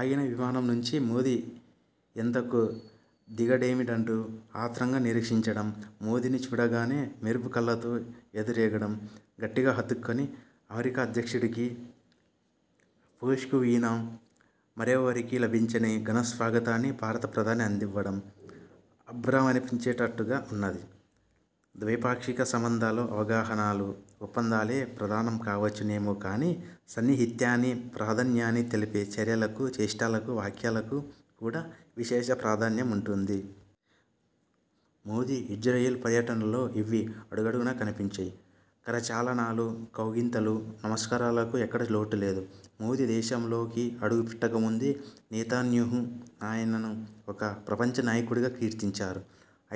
ఆగిన విమానం నుంచి మోదీ ఎంతకూ దిగడేమిటంటూ ఆత్రంగా నిరీక్షించడం, మోదీని చూడగానే మెరుపు కళ్ళతో ఎదురేగడం, గట్టిగా హత్తుకొని, అమెరికా అధ్యక్షుడికీ, పోప్కు వినా మరెవరికీ లభించని ఘనస్వాగతాన్ని భారత ప్రధానికి అందివ్వడం అబ్బురమనిపించేట్టు ఉన్నది. ద్వైపాక్షిక సంబంధాల్లో అవగాహనలు, ఒప్పందాలే ప్రధానం కావచ్చునేమో కానీ, సాన్నిహిత్యాన్ని, ప్రాధాన్యాన్ని తెలిపే చర్యలకు, చేష్టలకు, వ్యాఖ్యలకు కూడా విశేష ప్రాధాన్యం ఉంటుంది. మోదీ ఇజ్రాయెల్ పర్యటనలో ఇవి అడుగడుగునా కనిపించాయి. కరచాలనాలూ, కౌగిలింతలు, నమస్కారాలకు ఎక్కడా లోటులేదు. మోదీ దేశంలోకి అడుగుపెట్టకముందే నెతన్యాహూ ఆయనను ఒక ప్రపంచనాయకుడిగా కీర్తించారు.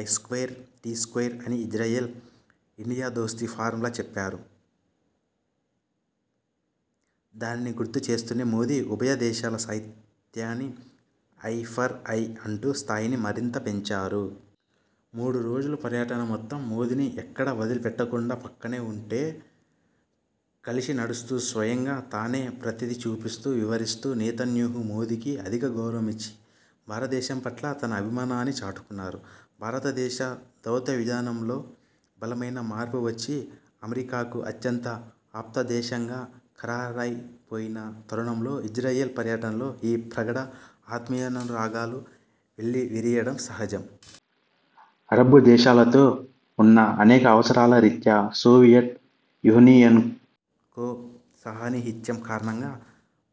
'ఐ స్క్వేర్ టి స్వ్వేర్' అని ఇజ్రాయెల్, ఇండియా దోస్తీ ఫార్ములా చెప్పారు. దానిని గుర్తుచేస్తూనే, మోదీ ఉభయదేశాల సాహిత్యాన్ని ఐ ఫర్ ఐ అంటూ స్థాయిని మరింత పెంచారు. మూడురోజుల పర్యటనమొత్తం మోదీని ఎక్కడా వదిలిపెట్టకుండా పక్కనే ఉంటే, కలిసినడుస్తూ స్వయంగా తానేప్రతీదీ చూపిస్తూ వివరిస్తూ నెతన్యాహూ మోదీకి అధికగౌరవం ఇచ్చి, భారతదేశం పట్ల తన అభిమానాన్ని చాటుకున్నారు. భారతదేశ దౌత్యవిధానంలో బలమైన మార్పువచ్చి, అమెరికాకు అత్యంత ఆప్తదేశంగా ఖరారైపోయిన తరుణంలో ఇజ్రాయెల్ పర్యటనలో ఈ ప్రగాఢ ఆత్మీయానురాగాలు వెల్లివిరియడం సహజం. అరబ్బుదేశాలతో ఉన్న అనేక అవసరాల రీత్యా, సోవియట్ యూనియన్తో సాన్నిహిత్యం కారణంగా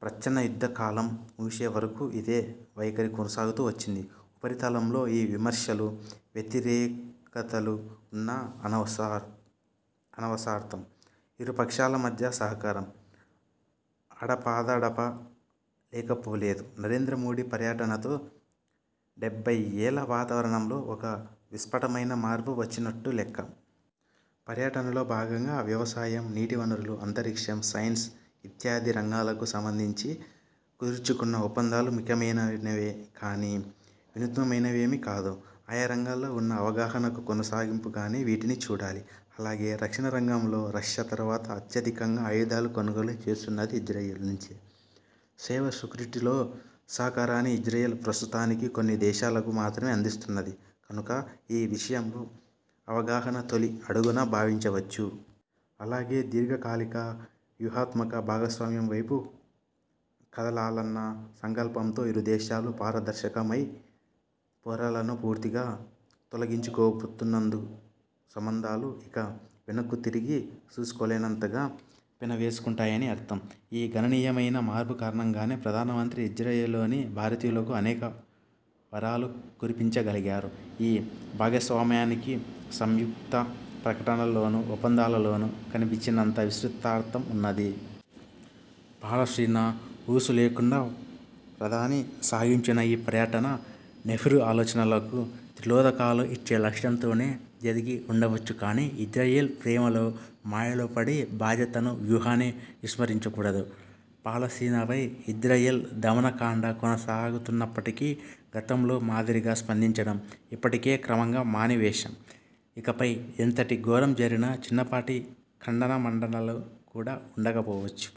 ప్రచ్ఛన్నయుద్ధకాలం ముగిసేవరకూ ఇదే వైఖరి కొనసాగుతూ వచ్చింది. ఉపరితలంలో ఈ విమర్శలూ, వ్యతిరేకతలు ఉన్నా అనవసరార్థం ఇరుపక్షాల మధ్యా సహకారం అడపాదడపా లేకపోలేదు. నరేంద్రమోదీ పర్యటనతో డెబ్బయ్యేళ్ళ వాతావరణంలో ఒక విస్పష్టమైన మార్పు వచ్చినట్టు లెక్క. పర్యటనలో భాగంగా వ్యవసాయం, నీటివనరులు, అంతరిక్షం, సైన్స్ ఇత్యాది రంగాలకు సంబంధించి కుదర్చుకున్న ఒప్పందాలు ముఖ్యమైనవే కానీ, వినూత్నమైనవేమీ కాదు. ఆయా రంగాల్లో ఉన్న అవగాహనకు కొనసాగింపుగానే వీటిని చూడాలి. అలాగే, రక్షణరంగంలో రష్యా తరువాత అత్యధికంగా ఆయుధాలు కొనుగోలు చేస్తున్నది ఇజ్రాయెల్ నుంచే. సైబర్ సెక్యూరిటీలో సహకారాన్ని ఇజ్రాయెల్ ప్రస్తుతానికి కొన్ని దేశాలకు మాత్రమే అందిస్తున్నది కనుక ఈ విషయంలో అవగాహన తొలి అడుగుగా భావించవచ్చు. అలాగే, దీర్ఘకాలిక, వ్యూహాత్మక భాగస్వామ్యం వైపు కదలాలన్న సంకల్పంతో ఇరుదేశాలూ పారదర్శకమై పొరలను పూర్తిగా తొలగించుకోబోతున్నందుకు, సంబంధాలు ఇక వెనక్కుతిరిగి చూసుకోలేనంతగా పెనవేసుకుంటాయని అర్థం. ఈ గణనీయమైన మార్పు కారణంగానే ప్రధానమంత్రి ఇజ్రాయెల్లోని భారతీయులకు అనేక వరాలు కురిపించగలిగారు. ఈ భాగస్వామ్యానికి సంయుక్త ప్రకటనల్లోనూ, ఒప్పందాల్లోనూ కనిపిచనంత విస్తృతార్థం ఉన్నది. పాలస్తీనా ఊసులేకుండా ప్రధాని సాగించిన ఈ పర్యటన నెహ్రూ ఆలోచనలకు తిలోదకాలు ఇచ్చే లక్ష్యంతోనే జరిగి వుండవచ్చును కానీ, ఇజ్రాయెల్ ప్రేమలో, మాయలో పడి బాధ్యతనూ, వ్యూహాన్ని విస్మరించకూడదు. పాలస్తీనాపై ఇజ్రాయెల్ దమనకాండ కొనసాగుతున్నప్పటికీ, గతంలో మాదిరిగా స్పందించడం ఇప్పటికే క్రమంగా మానివేశాం. ఇకపై ఎంతటి ఘోరం జరిగినా చిన్నపాటి ఖండనమండనలు కూడా ఉండకపోవచ్చు.